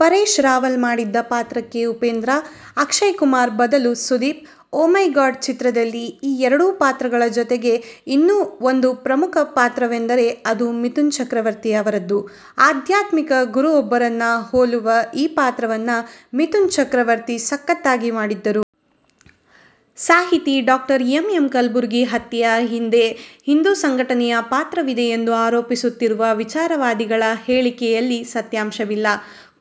ಪರೇಶ್ ರಾವಲ್ ಮಾಡಿದ ಪಾತ್ರಕ್ಕೆ ಉಪೇಂದ್ರ. ಅಕ್ಷಯ್ ಕುಮಾರ್ ಬದಲು ಸುದೀಪ್. "ಓ ಮೈ ಗಾಡ್' ಚಿತ್ರದಲ್ಲಿ ಈ ಎರಡು ಪಾತ್ರಗಳ ಜೊತೆಗೆ ಇನ್ನೂ ಒಂದು ಪ್ರಮುಖ ಪಾತ್ರವೆಂದರೆ ಅದು ಮಿಥುನ್ ಚಕ್ರವರ್ತಿಯವರದ್ದು. ಆಧ್ಯಾತ್ಮಿಕ ಗುರುವೊಬ್ಬರನ್ನು ಹೋಲುವ ಈ ಪಾತ್ರವನ್ನು ಮಿಥುನ್ ಚಕ್ರವರ್ತಿ ಸಖತ್ತಾಗಿ ಮಾಡಿದ್ದರು. ಸಾಹಿತಿ ಡಾ ಎಂ. ಎಂ. ಕಲಬುರ್ಗಿ ಹತ್ಯೆಯ ಹಿಂದೆ ಹಿಂದೂ ಸಂಘಟನೆಯ ಪಾತ್ರವಿದೆಯೆಂದು ಆರೋಪಿಸುತ್ತಿರುವ ವಿಚಾರವಾದಿಗಳ ಹೇಳಿಕೆಯಲ್ಲಿ ಸತ್ಯಾಂಶವಿಲ್ಲ.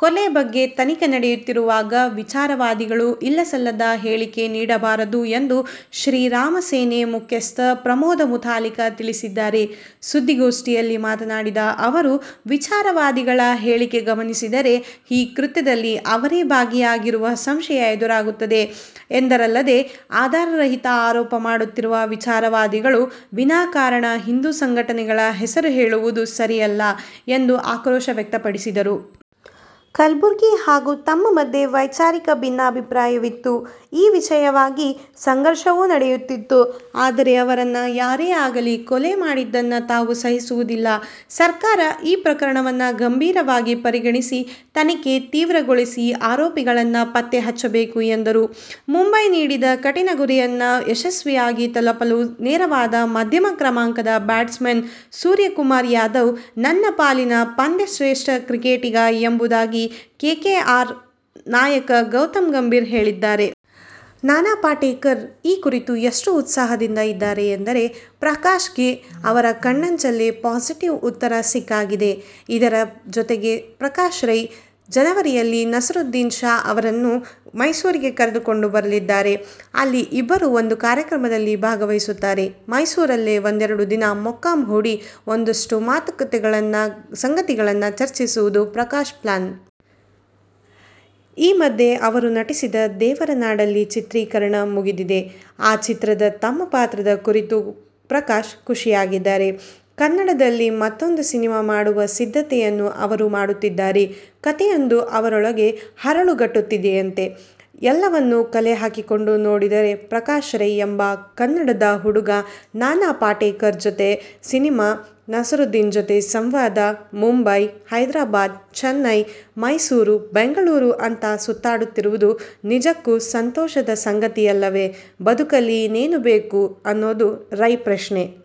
ಕೊಲೆ ಬಗ್ಗೆ ತನಿಖೆ ನಡೆಯುತ್ತಿರುವಾಗ ವಿಚಾರವಾದಿಗಳು ಇಲ್ಲಸಲ್ಲದ ಹೇಳಿಕೆ ನೀಡಬಾರದು ಎಂದು ಶ್ರೀರಾಮಸೇನೆ ಮುಖ್ಯಸ್ಥ ಪ್ರಮೋದ ಮುತಾಲಿಕ ತಿಳಿಸಿದ್ದಾರೆ. ಸುದ್ದಿಗೋಷ್ಠಿಯಲ್ಲಿ ಮಾತನಾಡಿದ ಅವರು, ವಿಚಾರವಾದಿಗಳ ಹೇಳಿಕೆ ಗಮನಿಸಿದರೆ ಈ ಕೃತ್ಯದಲ್ಲಿ ಅವರೇ ಭಾಗಿಯಾಗಿರುವ ಸಂಶಯ ಎದುರಾಗುತ್ತದೆ ಎಂದರಲ್ಲದೇ, ಆಧಾರರಹಿತ ಆರೋಪ ಮಾಡುತ್ತಿರುವ ವಿಚಾರವಾದಿಗಳು ವಿನಾಕಾರಣ ಹಿಂದೂ ಸಂಘಟನೆಗಳ ಹೆಸರು ಹೇಳುವುದು ಸರಿಯಲ್ಲ ಎಂದು ಆಕ್ರೋಶ ವ್ಯಕ್ತಪಡಿಸಿದರು. ಕಲಬುರ್ಗಿ ಹಾಗೂ ತಮ್ಮ ಮಧ್ಯೆ ವೈಚಾರಿಕ ಭಿನ್ನಾಭಿಪ್ರಾಯವಿತ್ತು. ಈ ವಿಷಯವಾಗಿ ಸಂಘರ್ಷವೂ ನಡೆಯುತ್ತಿತ್ತು. ಆದರೆ ಅವರನ್ನು ಯಾರೇ ಆಗಲಿ ಕೊಲೆ ಮಾಡಿದ್ದನ್ನು ತಾವು ಸಹಿಸುವುದಿಲ್ಲ. ಸರ್ಕಾರ ಈ ಪ್ರಕರಣವನ್ನು ಗಂಭೀರವಾಗಿ ಪರಿಗಣಿಸಿ ತನಿಖೆ ತೀವ್ರಗೊಳಿಸಿ ಆರೋಪಿಗಳನ್ನು ಪತ್ತೆ ಹಚ್ಚಬೇಕು ಎಂದರು. ಮುಂಬೈ ನೀಡಿದ ಕಠಿನ ಗುರಿಯನ್ನು ಯಶಸ್ವಿಯಾಗಿ ತಲಪಲು ನೆರವಾದ ಮಧ್ಯಮ ಕ್ರಮಾಂಕದ ಬ್ಯಾಟ್ಸ್ಮನ್ ಸೂರ್ಯಕುಮಾರ್ ಯಾದವ್ ನನ್ನ ಪಾಲಿನ ಪಂದ್ಯಶ್ರೇಷ್ಠ ಕ್ರಿಕೆಟಿಗ ಎಂಬುದಾಗಿ ಕೆಕೆಆರ್ ನಾಯಕ ಗೌತಮ್ ಗಂಭೀರ್ ಹೇಳಿದ್ದಾರೆ. ನಾನಾ ಪಾಟೇಕರ್ ಈ ಕುರಿತು ಎಷ್ಟು ಉತ್ಸಾಹದಿಂದ ಇದ್ದಾರೆ ಎಂದರೆ ಪ್ರಕಾಶ್ರೈಗೆ ಅವರ ಕಣ್ಣಂಚಲ್ಲೇ ಪಾಸಿಟಿವ್ ಉತ್ತರ ಸಿಕ್ಕಾಗಿದೆ. ಇದರ ಜೊತೆಗೇ ಪ್ರಕಾಶ್ ರೈ, ಜನವರಿಯಲ್ಲಿ ನಸೀರುದ್ದೀನ್ ಶಾ ಅವರನ್ನು ಮೈಸೂರಿಗೆ ಕರೆದುಕೊಂಡು ಬರಲಿದ್ದಾರೆ. ಅಲ್ಲಿ ಇಬ್ಬರೂ ಒಂದು ಕಾರ್ಯಕ್ರಮದಲ್ಲಿ ಭಾಗವಹಿಸುತ್ತಾರೆ. ಮೈಸೂರಲ್ಲೇ ಒಂದೆರಡು ದಿನ ಮೊಕ್ಕಾಂ ಹೂಡಿ ಒಂದಷ್ಟು ಕತೆಗಳನ್ನು, ಸಂಗತಿಗಳನ್ನು ಚರ್ಚಿಸುವುದು ಪ್ರಕಾಶ್ ಪ್ಲಾನು. ಈ ಮಧ್ಯೆ ಅವರು ನಟಿಸಿದ ದೇವರನಾಡಲ್ಲಿ ಚಿತ್ರೀಕರಣ ಮುಗಿದಿದೆ. ಆ ಚಿತ್ರದ ತಮ್ಮ ಪಾತ್ರದ ಕುರಿತೂ ಪ್ರಕಾಶ್ ಖುಷಿಯಾಗಿದ್ದಾರೆ. ಕನ್ನಡದಲ್ಲಿ ಮತ್ತೂಂದು ಸಿನಿಮಾ ಮಾಡುವ ಸಿದ್ಧತೆಯನ್ನೂ ಅವರು ಮಾಡುತ್ತಿದ್ದಾರೆ. ಕತೆಯೊಂದು ಅವರೊಳಗೆ ಹರಳುಗಟ್ಟುತ್ತಿದೆಯಂತೆ. ಎಲ್ಲವನ್ನೂ ಕಲೆಹಾಕಿಕೊಂಡು ನೋಡಿದರೆ ಪ್ರಕಾಶ್ ರೈ ಎಂಬ ಕನ್ನಡದ ಹುಡುಗ ನಾನಾ ಪಾಟೇಕರ್ ಜೊತೆ ಸಿನಿಮಾ, ನಸೀರುದ್ದೀನ್ ಜೊತೆ ಸಂವಾದ, ಮುಂಬೈ, ಹೈದರಾಬಾದ್, ಚೆನ್ನೈ, ಮೈಸೂರು, ಬೆಂಗಳೂರು- ಅಂತ ಸುತ್ತಾಡುತ್ತಿರುವುದು ನಿಜಕ್ಕೂ ಸಂತೋಷದ ಸಂಗತಿಯಲ್ಲವೇ? ಬದುಕಲ್ಲಿ ಇನ್ನೇನು ಬೇಕು ಅನ್ನೋದು ರೈ ಪ್ರಶ್ನೆ!